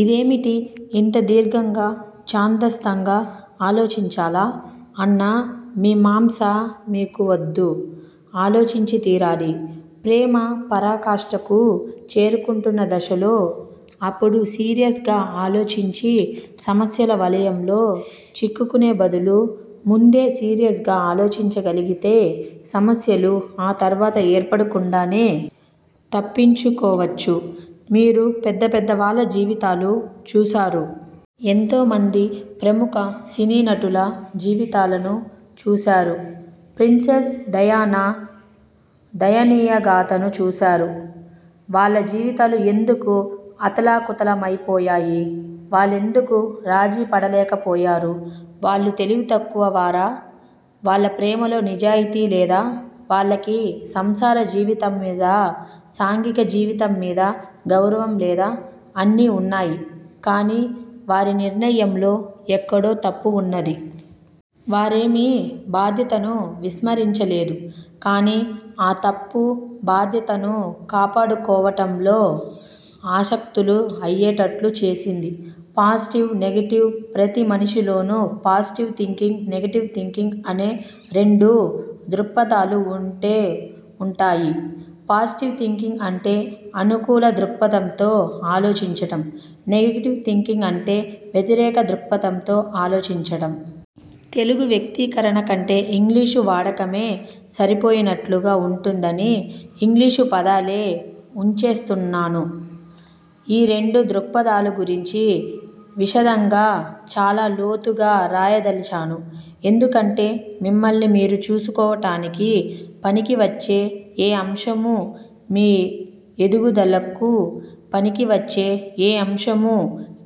ఇదేమిటి ఇంత దీర్ఘంగా, చాదస్తంగా ఆలోచించాలా అన్న మీమాంస మీకు వద్దు ఆలోచించితీరాలి! ప్రేమ పరాకాష్ఠకు చేరుకుంటున్న దశలో, అప్పుడు సీరియస్ గా ఆలోచించి సమస్యల వలయంలో చిక్కుకునే బదులు ముందే సీరియస్ గా ఆలోచించగలిగితే సమస్యలు ఆ తర్వాత ఏర్పడకుండానే తప్పించుకోవచ్చు. మీరు పెద్ద పెద్ద వాళ్ళ జీవితాలు చూశారు. ఎంతోమంది ప్రముఖ సినీనటుల జీవితాలను చూశారు. ప్రిన్సెస్ డయానా దయనీయగాథను చూశారు. వాళ్ళ జీవితాలు ఎందుకు అతలాకుతలమైపోయాయి? వాళ్ళెందుకు రాజీపడలేకపోయారు? వాళ్ళు తెలివితక్కువ వారా? వాళ్ళ ప్రేమలో నిజాయితీ లేదా? వాళ్ళకి సంసార జీవితమ్మీదా, సాంఘిక జీవితంమీదా గౌరవం లేదా? అన్నీ వున్నాయి. కాని వారి నిర్ణయంలో ఎక్కడో తప్పు వున్నది. వారేమీ బాధ్యతను విస్మరించలేదు. కాని ఆ తప్పు బాధ్యతను కాపాడుకోవటంలో అశక్తులు అయ్యేటట్లు చేసింది. పాజిటివ్, నెగెటివ్ ప్రతిమనిషిలోనూ పాజిటివ్ థింకింగ్, నెగెటివ్ థింకింగ్ అనే రెండు దృక్పథాలు వుంటూ వుంటాయి. పాజిటివ్ థింకింగ్ అంటే అనుకూల దృక్పథంతో ఆలోచించటం. నెగెటివ్ థింకింగ్ అంటే వ్యతిరేక దృక్పథంతో ఆలోచించటం. తెలుగు వ్యక్తీకరణ కంటే ఇంగ్లీషు వాడకమే సరిపోయినట్లుగా వుంటుందని ఇంగ్లీషు పదాలే వుంచేస్తున్నాను. ఈ రెండు దృక్పథాలు గురించీ విశదంగా, చాలా లోతుగా రాయదలిచాను. ఎందుకంటే మిమ్మల్ని మీరు చూసుకోవటానికి పనికివచ్చే ఏ అంశమూ, మీ ఎదుగుదలకు పనికివచ్చే ఏ అంశమూ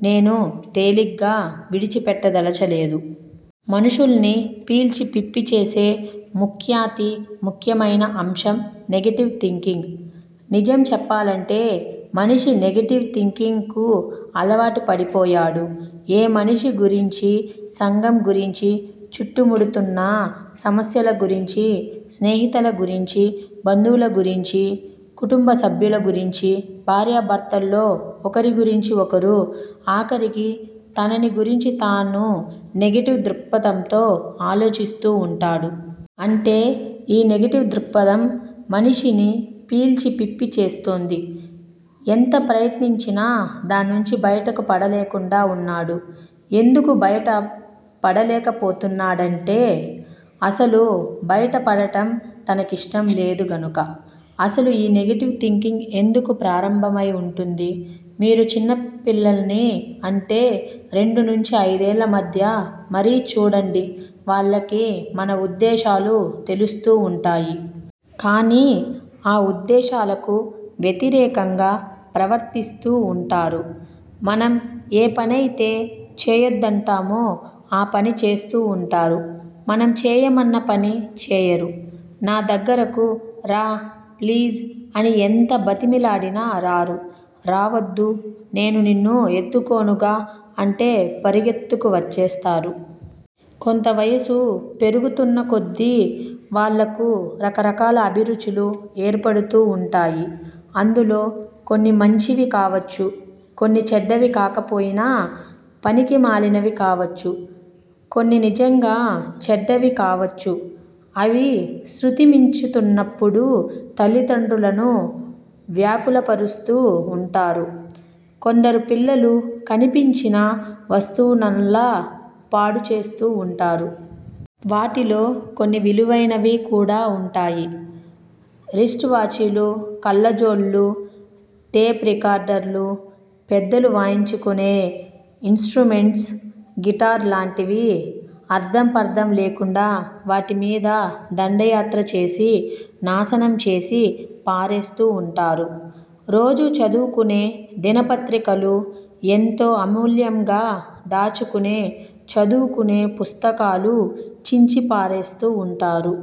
నేను తేలిగ్గా విడిచిపెట్టదలచలేదు. మనుషుల్ని పీల్చి పిప్పి చేసే ముఖ్యాతి ముఖ్యమైన అంశం నెగెటివ్ థింకింగ్. నిజం చెప్పాలంటే మనిషి నెగెటివ్ థింకింగ్ కు అలవాటు పడిపోయాడు. ఏ మనిషి గురించీ సంఘం గురించీ చుట్టుముడుతున్న సమస్యలగురించీ, స్నేహితుల గురించీ, బంధువుల గురించీ, కుటుంబసభ్యుల గురించీ, భార్యాభర్తల్లో ఒకరి గురించి ఒకరూ, ఆఖరికి తనని గురించి తానూ నెగెటివ్ దృక్పథంతో ఆలోచిస్తూ వుంటాడు. అంటే ఈ నెగెటివ్ దృక్పథం మనిషిని పీల్చి పిప్పి చేస్తోంది. ఎంత ప్రయత్నించినా దాన్నుంచి బయట పడలేకుండా వున్నాడు. ఎందుకు బయట పడలేకపోతున్నాడంటే-అసలు బయటపడటం తనకిష్టంలేదు గనుక. అసలు ఈ నెగెటివ్ థింకింగ్ ఎందుకు ప్రారంభమై వుంటుంది? మీరు చిన్నపిల్లల్ని అంటే రెండునుంచి అయిదేళ్ళ మధ్య మరీ చూడండి వాళ్ళకి మన ఉద్దేశాలు తెలుస్తూ వుంటాయి. కాని ఆ ఉద్దేశాలకు వ్యతిరేకంగా ప్రవర్తిస్తూ వుంటారు. మనం ఏ పనైతే చేయొద్దంటామో ఆ పని చేస్తూ వుంటారు. మనం చేయమన్న పని చేయరు. నా దగ్గరకు రా, ప్లీజ్! అని ఎంత బతిమిలాడినా రారు. రావద్దు, నేను నిన్ను ఎత్తుకోనుగా? అంటే పరిగెత్తుకు వచ్చేస్తారు. కొంత వయసు పెరుగుతున్నకొద్దీ వాళ్ళకు రకరకాల అభిరుచులు ఏర్పడుతూ వుంటాయి. అందులో కొన్ని మంచివి కావచ్చు. కొన్ని చెడ్డవి కాకపోయినా పనికి మాలినవి కావచ్చు. కొన్ని నిజంగా చెడ్డవి కావచ్చు. అవి శ్రుతిమించుతున్నప్పుడు తల్లిదండ్రులను వ్యాకులపరుస్తూ వుంటారు. కొందరు పిల్లలు కనిపించిన వస్తువునల్లా పాడుచేస్తూ వుంటారు. వాటిలో కొన్ని విలువైనవి కూడా వుంటాయి. రిస్ట్ వాచీలు, కళ్ళజోళ్ళు, టేప్ రికార్డర్ లు, పెద్దలు వాయించుకునే ఇన్ స్ట్రుమెంట్స్, గిటార్ లాంటివి అర్ధంపర్ధం లేకుండా వాటిమీద దండయాత్ర చేసి నాశనం చేసి పారేస్తూ ఉంటారు. రోజూ చదువుకునే దినపత్రికలూ, ఎంతో అమూల్యంగా దాచుకుని చదువుకునే పుస్తకాలూ చించిపారేస్తూ వుంటారు.